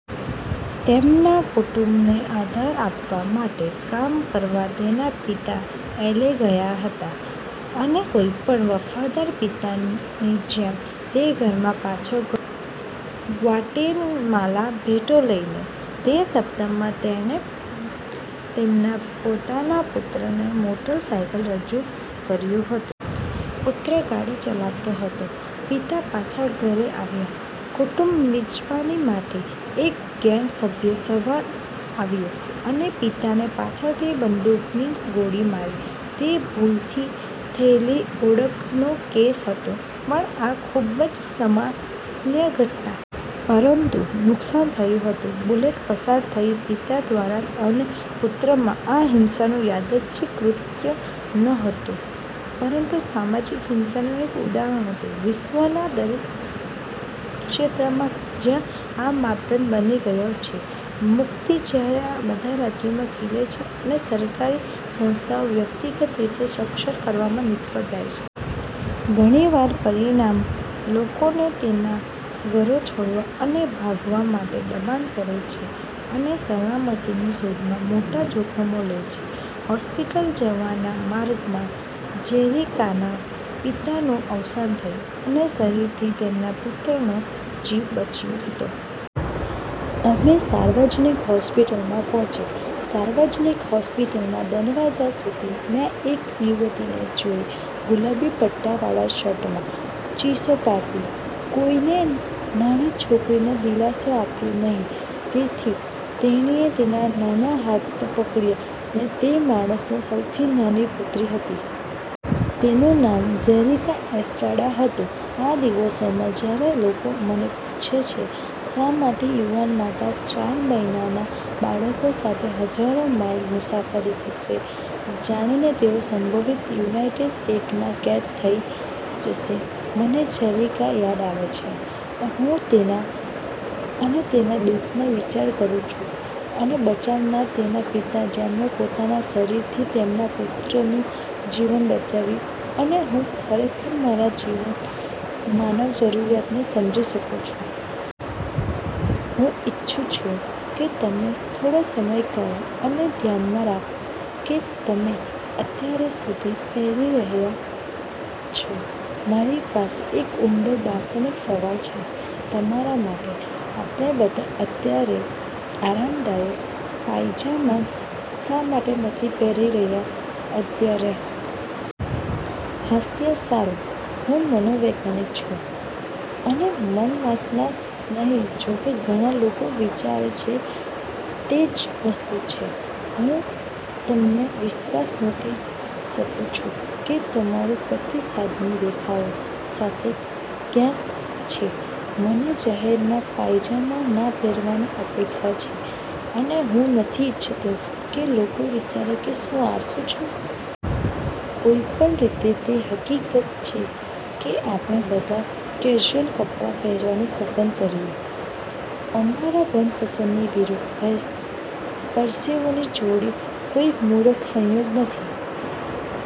તેમના કુટુંબને આધાર આપવા માટે કામ કરવા તેના પિતા એલએ ગયા હતા અને કોઈપણ વફાદાર પિતાની જેમ તે ઘરે પાછો ગયો ગ્વાટેમાલા ભેટો લઈને. તે સપ્તાહમાં તેમણે તેમના મોટા પુત્રને મોટરસાયકલ રજૂ કર્યું હતું. પુત્ર ગાડી ચલાવતો હતો, પિતા પાછા ઘરે આવ્યા કુટુંબ મિજબાની માંથી, એક ગેંગ સભ્ય સવાર આવ્યો અને પપ્પાને પાછળથી બંદૂકની ગોળી મારી. તે ભૂલથી થયેલી ઓળખનો કેસ હતો પણ આ દેશમાં ખૂબ સામાન્ય ઘટના. પરંતુ નુકસાન થયું હતું. બુલેટ પસાર થઈ પિતા દ્વારા અને પુત્રમાં. આ હિંસાનું યાર્દચ્છિક કૃત્ય નહોતુ પરંતુ સામાજિક હિંસાનું એક ઉદાહરણ હતું વિશ્વના એક ક્ષેત્રમાં જ્યાં આ માપદંડ બની ગયો છે. મુક્તિ જ્યારે બધા રાજ્યમાં ખીલે છે અને સરકારી સંસ્થાઓ વ્યક્તિગત રક્ષણ કરવામાં નિષ્ફળ થાય છે. ઘણી વાર, પરિણામ લોકોને તેમના ઘરો છોડવા અને ભાગવા માટે દબાણ કરે છે અને સલામતીની શોધમાં મોટા જોખમો લે છે. હોસ્પિટલ જવાના માર્ગમાં જેરીકાના પિતાનું અવસાન થયું. તેમના શરીરથી તેમના પુત્રનો જીવ બચ્યો હતો. અમે સાર્વજનિક હોસ્પિટલમાં પહોંચ્યા. સાર્વજનિક હોસ્પિટલના દરવાજા સુધી મેં એક યુવતીને જોઇ ગુલાબી પટ્ટાવાળા શર્ટમાં, ચીસો પાડતી. કોઈએ નાની છોકરીને દિલાસો આપ્યો નહીં તેથી તેણીએ તેના નાના હાથો પકડ્યા. તે એ માણસની સૌથી નાની પુત્રી હતી. તેનું નામ જેરિકા એસ્ટ્રાડા હતું. આ દિવસોમાં, જ્યારે લોકો મને પૂછે છે શા માટે યુવાન માતા ચાર મહિનાનાં બાળકો સાથે હજારો માઇલ મુસાફરી કરશે, જાણીને તેઓ સંભવિત યુનાઇટેડ સ્ટેટ્સમાં કેદ થઈ જશે, મને જેરિકા યાદ છે અને હું તેના અને તેના દુઃખનો વિચાર કરું છું અને બચાવનાર તેના પિતાનો જેમણે પોતાના શરીરથી તેમના પુત્રનું જીવન બચાવ્યું અને હું ખરેખર માનવ જરૂરિયાતને સમજી શકું છું. હું ઇચ્છું છું કે તમે થોડો સમય કાઢો અને ધ્યાનમાં રાખો કે તમે અત્યારે શું પહેરી રહ્યા છો. મારી પાસે એક ઊંડો દાર્શનિક સવાલ છે તમારા માટે, "આપણે બધા અત્યારે આરામદાયક પાયજામા શા માટે નથી પહેરી રહ્યા અત્યારે?" હાસ્ય સારું. હું મનોવૈજ્ઞાનિક છું અને મન વાંચનાર નહીં જોકે ઘણા લોકો વિચારે છે તે જ વસ્તુ છે. હું તમને વિશ્વાસ મૂકી શકું છું કે તમારો પ્રતિસાદની રેખાઓ સાથે ક્યાંક છે, "મને જાહેરમાં પાયજામા ના પહેરવાની અપેક્ષા છે" અને "હું નથી ઇરછતો કે લોકો વિચારે કે હું આળસું છું." કોઈપણ રીતે તે હકીકત છે કે આપણે બધા કેઝ્યુઅલ કપડાં પહેરવાનું પસંદ કર્યું. અમારા મનપસંદની વિરુદ્ધ પરસેવોની જોડી કોઈ મૂર્ખ સંયોગ નથી.